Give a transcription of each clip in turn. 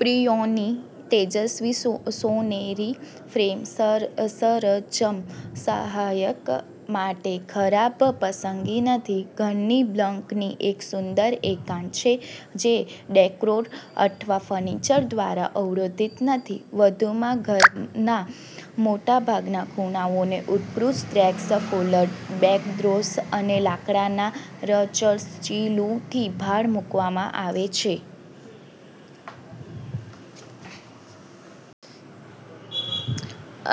પિયાનોની તેજસ્વી સોનેરી ફ્રેમ સરંજામ સહાયક માટે ખરાબ પસંદગી નથી. ઘરની બાલ્કની એક સુંદર એકાંત છે, જે ડેકોર અથવા ફર્નિચર દ્વારા અવરોધિત નથી. વધુમાં, ઘરના મોટાભાગના ખૂણાઓને ઉત્કૃષ્ટ ડ્રેપ્સ, ફ્લોરલ બેકડ્રોપ્સ અને લાકડાના રાચરચીલુંથી ભાર મૂકવામાં આવે છે.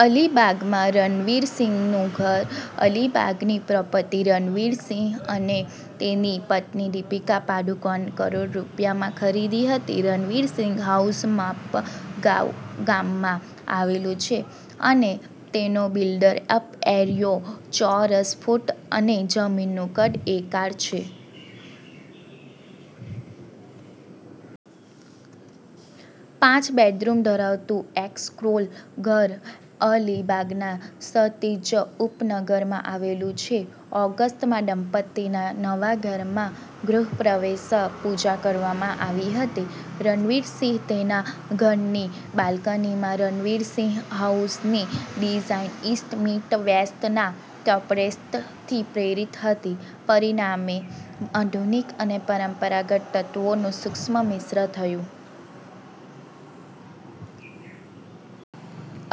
અલીબાગમાં રણવીર સિંહનું ઘર. અલીબાગની પ્રોપર્ટી રણવીર સિંહ અને તેની પત્ની દીપિકા પાદુકોણે કરોડ રૂપિયામાં ખરીદી હતી. રણવીર સિંઘ હાઉસ મપગાંવ ગામમાં આવેલું છે અને તેનો બિલ્ટ-અપ એરિયો ચોરસ ફૂટ અને જમીનનું કદ એકાર છે. પાંચ બેડરૂમ ધરાવતું અપસ્કેલ ઘર અલીબાગના સતીર્જે ઉપનગરમાં આવેલું છે. ઓગસ્ટ માં દંપતીના નવા ઘરમાં ગૃહ પ્રવેશ પૂજા કરવામાં આવી હતી. રણવીર સિંહ તેના ઘરની બાલ્કનીમાં. રણવીર સિંઘ હાઉસની ડિઝાઈન ઈસ્ટ મીટ વેસ્ટના કન્સેપ્ટથી પ્રેરિત હતી, પરિણામે આધુનિક અને પરંપરાગત તત્વોનું સૂક્ષ્મ મિશ્ર થયું.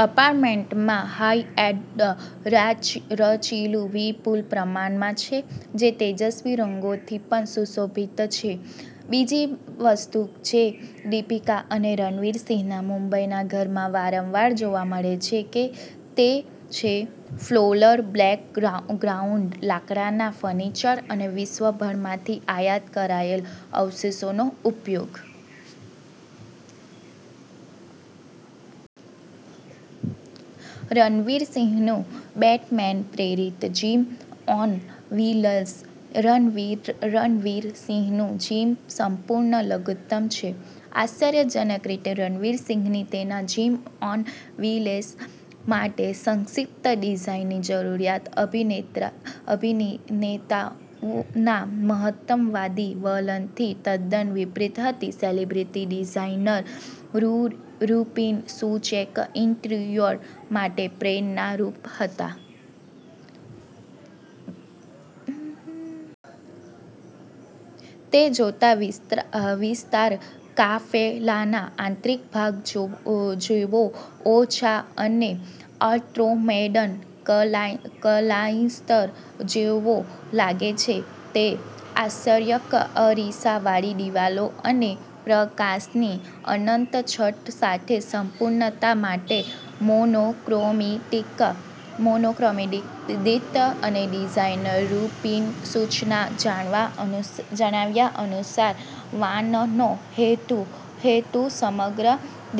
અપાર્ટમેન્ટમાં હાઇ-એન્ડ રાચરચીલું વિપુલ પ્રમાણમાં છે, જે તેજસ્વી રંગોથી પણ સુશોભિત છે. બીજી વસ્તુ જે દીપિકા અને રણવીર સિંહના મુંબઈના ઘરમાં વારંવાર જોવા મળે છે તે છે ફ્લોરલ બેકગ્રાઉન્ડ, લાકડાના ફર્નિચર અને વિશ્વભરમાંથી આયાત કરાયેલા અવશેષોનો ઉપયોગ. રણવીર સિંહનું બેટમેન-પ્રેરિત જીમ ઓન વ્હીલ્સ. રણવીર સિંહનું જીમ સંપૂર્ણ લઘુત્તમ છે. આશ્ચર્યજનક રીતે, રણવીર સિંહની તેના જીમ ઓન વ્હીલ્સ માટે સંક્ષિપ્ત ડિઝાઇનની જરૂરિયાત અભિનેતાના મહત્તમવાદી વલણથી તદ્દન વિપરીત હતી. Celebrity designer Rupin Suchak interior માટે પ્રેરણારૂપ હતા. તે જોતાં, વિસ્તાર કાફલાના આંતરિક ભાગ જેવો ઓછો અને અલ્ટ્રામોડર્ન ક્લાઇસ્ટર જેવો લાગે છે. તે આશ્ચર્ય અરીસાવાળી દિવાલો અને પ્રકાશની અનંત છત સાથે સંપૂર્ણતા માટે મોનોક્રોમેટિક છે. ડિઝાઇનર રુપિન સુચના જણાવ્યા અનુસાર, વાનનો હેતુ સમગ્ર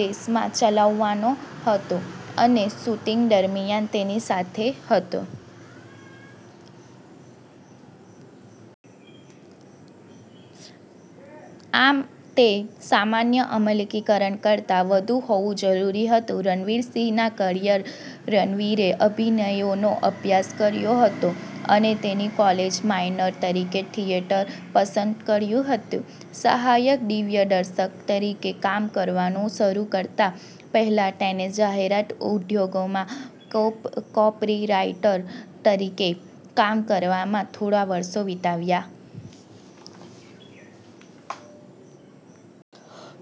દેશમાં ચલાવવાનો હતો અને શૂટિંગ દરમિયાન તેની સાથે હતો. આમ, તે સામાન્ય અમલીકરણ કરતાં વધુ હોવું જરૂરી હતું. રણવીર સિંહ કરિયર. રણવીરે અભિનયનો અભ્યાસ કર્યો હતો અને તેની કોલેજ માઇનર તરીકે થિયેટર પસંદ કર્યું હતું. સહાયક દિગ્દર્શક તરીકે કામ કરવાનું શરૂ કરતા પહેલા, તેણે જાહેરાત ઉદ્યોગમાં કોપીરાઈટર તરીકે કામ કરવામાં થોડા વર્ષો વિતાવ્યા.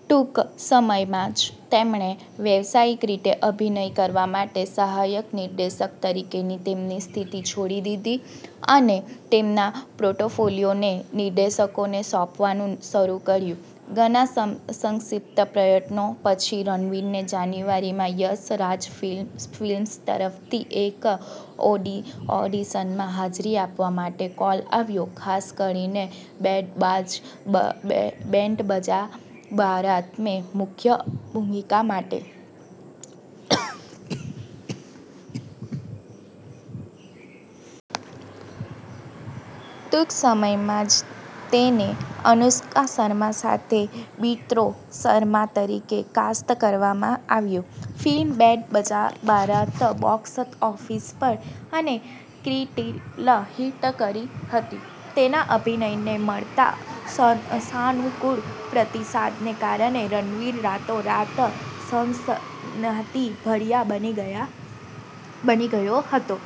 ટૂંક સમયમાં જ, તેમણે વ્યવસાયિક રીતે અભિનય કરવા માટે સહાયક નિર્દેશક તરીકેની તેમની સ્થિતિ છોડી દીધી અને તેમના પોર્ટફોલિયોને નિર્દેશકોને સોંપવાનું શરૂ કર્યું. ઘણા સમર્પિત પ્રયત્નો પછી, રણવીરને જાન્યુઆરી માં યશ રાજ ફિલ્મ્સ તરફથી એક ઓડિશનમાં હાજરી આપવા માટે કોલ આવ્યો, ખાસ કરીને બેન્ડ બાજા બારાતમે મુખ્ય ભૂમિકા માટે. ટૂંક સમયમાં જ, તેને અનુષ્કા શર્મા સાથે બિટ્ટો શર્મા તરીકે કાસ્ટ કરવામાં આવ્યો. Film band Baaja Baaraat box office પર અને ક્રિટિકલ હિટ રહી હતી. તેના અભિનયને મળતા સાનુકૂળ પ્રતિસાદને કારણે રણવીર રાતોરાત સનસનાટીભર્યો બની ગયો હતો.